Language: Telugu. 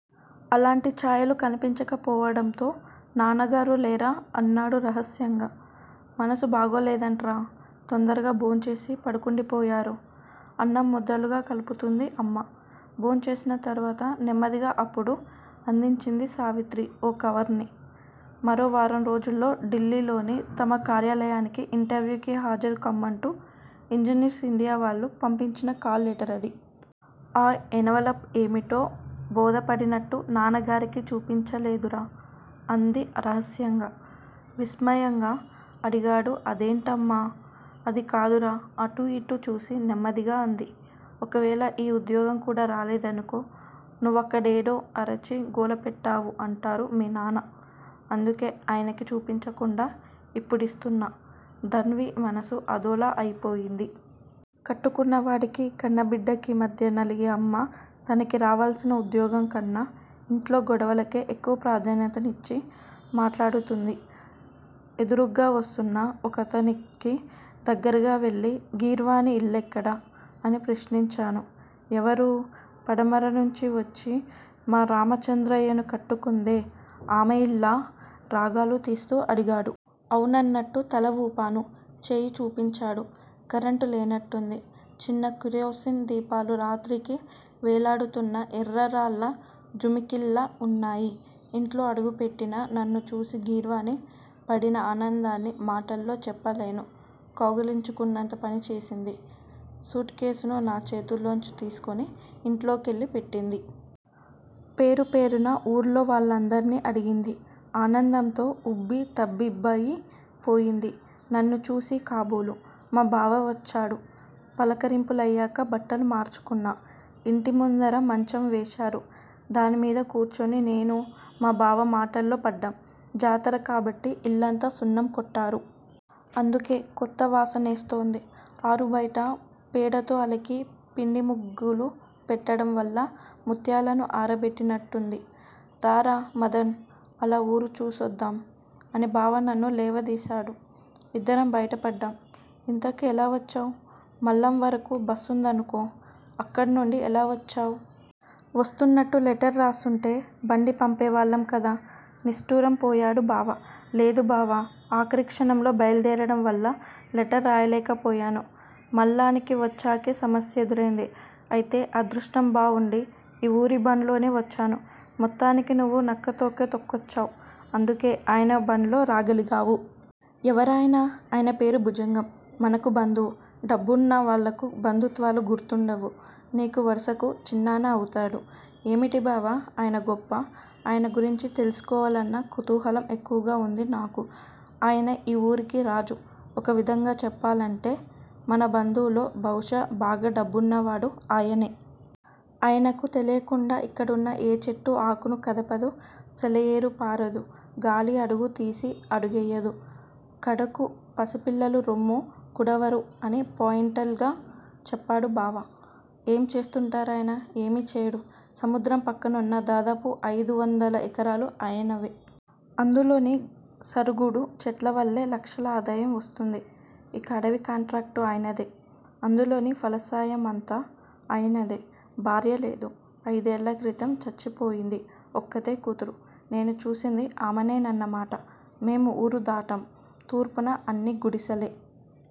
అలాంటి ఛాయలు కనిపించకపోవడంతో నాన్నగారూ లేరా? అన్నాడు రహస్యంగా. మనసు బాగోలేదట్రా! తొందరగా భోంచేసి పడుకుండిపోయారు అన్నం ముద్దలుగా కలుపుతుంది అమ్మ. భోంచేసిన తర్వాత నెమ్మదిగా అప్పుడు అదించింది సావిత్రి ఓ కవరుని. మరో వారం రోజుల్లో డిల్లీ లోని తమ కార్యాలయానికి ఇంటర్వ్యూకి హాజరు కమ్మంటు ఇంజనీర్స్ ఇండియా వాళ్ళు పంపించిన కాల్ లేటరధి. ఆ ఎనవలప్ ఏమిటో బోధపడినట్టు న్నాన్నగారికి చూపించలేదురా. అంది రహస్యంగా. విస్మయంగా అడిగాడు అదేంటమ్మా? అదికాదురా అటు ఇటు చూసి నెమ్మదిగా అంది. ఒకవేళ ఈ ఉద్యోగం కూడా రాలేదనుకో. నువ్వక్కడేడో అరిచి గోలపెట్టావు అంటారు మీ నాన్న. అందుకే ఆయనకి చూపించకుండా ఇప్పుడీస్తున్నా. ధన్వి మనసు అదోలా అయిపోయింది. కట్టుకున్నవాడికి, కన్నబిడ్డకి మధ్య నలిగే అమ్మ తనకి రావాల్సిన ఉద్యోగం కన్నా ఇంట్లో గొడవకే ఎక్కువ ప్రాధాన్యతనిచ్చి మాట్లాడుతుంది. ఎదురుగ్గా వస్తున్న ఒకతనికి దగ్గరగా వెళ్ళి గీర్వాణీ ఇల్లెక్కడ? అని ప్రశ్నించాను. ఎవరూ? పడమర నుంచి వచ్చి మా రామచంద్రయ్యను కట్టుకుందే ఆమె ఇల్లా? రాగాలు తీస్తూ అడిగాడు. అవునన్నట్టు తల వూపాను. చేయి చూపించాడు. కరెంట్ లేనట్టుంది. చిన్న కిరోసిన్ దీపాలు రాత్రికి వేలాడుతున్న ఎర్ర రాళ్ళ జుమికీల్లా వున్నాయి. ఇంట్లో అడుగుపెట్టిన నన్ను చూసి గీర్వాణి పడిన ఆనందాన్ని మాటల్లో చెప్పలేను. కౌగిలించుకున్నంత పని చేసింది. సూట్కేసును నా చేతుల్లోంచి తీసుకుని ఇంట్లో కెళ్ళి పెట్టింది. పేరు పేరునా ఊర్లో వాళ్ళందర్నీ అడిగింది. ఆనందంతో ఉబ్బితబ్బిబ్బయి పోయింది. నన్ను చూసి కాబోలు మా బావ వచ్చాడు. పలకరింపులయ్యాక బట్టలు మార్చుకున్నా. ఇంటి ముందర మంచం వేశారు. దానిమీద కూర్చుని నేనూ, మా బావ మాటల్లో పడ్డాం. జాతర కాబట్టి ఇల్లంతా సున్నం కొట్టారు. అందుకే కొత్త వాసనేస్తోంది. ఆరు బయట పేడతో అలికి పిండి ముగ్గులు పెట్టడంవల్ల ముత్యాలను ఆరబెట్టినట్టుంది. రారా మదన్! అలా వూరు చూసొద్దాం అని బావ నన్ను లేవదీశాడు. ఇద్దరం బయట పడ్డాం. ఇంతకీ ఎలా వచ్చావ్? మల్లాం వరకు బస్సుందనుకో. అక్కడి నుంచి ఎలా వచ్చావ్? వస్తున్నట్టు లెటర్ రాసుంటే బండి పంపేవాళ్ళం కదా నిష్ఠూరం పోయాడు బావ. లేదు బావా! ఆఖరి క్షణంలో బయల్దేరడం వల్ల లెటర్ రాయలేకపోయాను. మల్లానికి వచ్చాకే సమస్య ఎదురైంది. అయితే అదృష్టం బావుండి ఈ ఊరి బండ్లోనే వచ్చాను. మొత్తానికి నువ్వు నక్కతోక తొక్కచ్చావ్. అందుకే ఆయన బండ్లో రాగలిగావు. ఎవరాయన? ఆయన పేరు భుజంగం. మనకు బంధువు. డబ్బున్న వాళ్ళకు బంధుత్వాలు గుర్తుండవు. నీకు వరసకు చిన్నాన్న అవుతాడు. ఏమిటి బావా ఆయన గొప్ప? ఆయన గురించి తెలుసుకోవాలన్న కుతూహలం ఎక్కువగా వుంది నాకు. ఆయన ఈ ఊరికి రాజు. ఒక విధంగా చెప్పాలంటే మన బంధువుల్లో బహుశా బాగా డబ్బున్నవాడు ఆయనే. ఆయనకు తెలియకుండా ఇక్కడున్న ఏ చెట్టూ ఆకును కదపదు. సెలయేరు పారదు. గాలి అడుగు తీసి అడుగేయదు. కడకు పసిపిల్లలు రొమ్ము కుడవరు అని పాయింటల్ గా చెప్పాడు బావ. ఏం చేస్తుంటారాయన? ఏమీ చేయడు. సముద్రం పక్కనున్న దాదాపు అయిదు వందల ఎకరాలు ఆయనవే. అందులోని సరుగుడు చెట్ల వల్లే లక్షల ఆదాయం వస్తుంది. ఇక అడవి కాంట్రాక్టు ఆయనదే. అందులోని ఫలసాయం అంతా ఆయనదే. భార్యలేదు. అయిదేళ్ళ క్రితం చచ్చిపోయింది. ఒక్కతే కూతురు. నేను చూసింది ఆమెనేనన్నమాట. మేం ఊరు దాటాం. తూర్పున అన్నీ గుడిసెలే.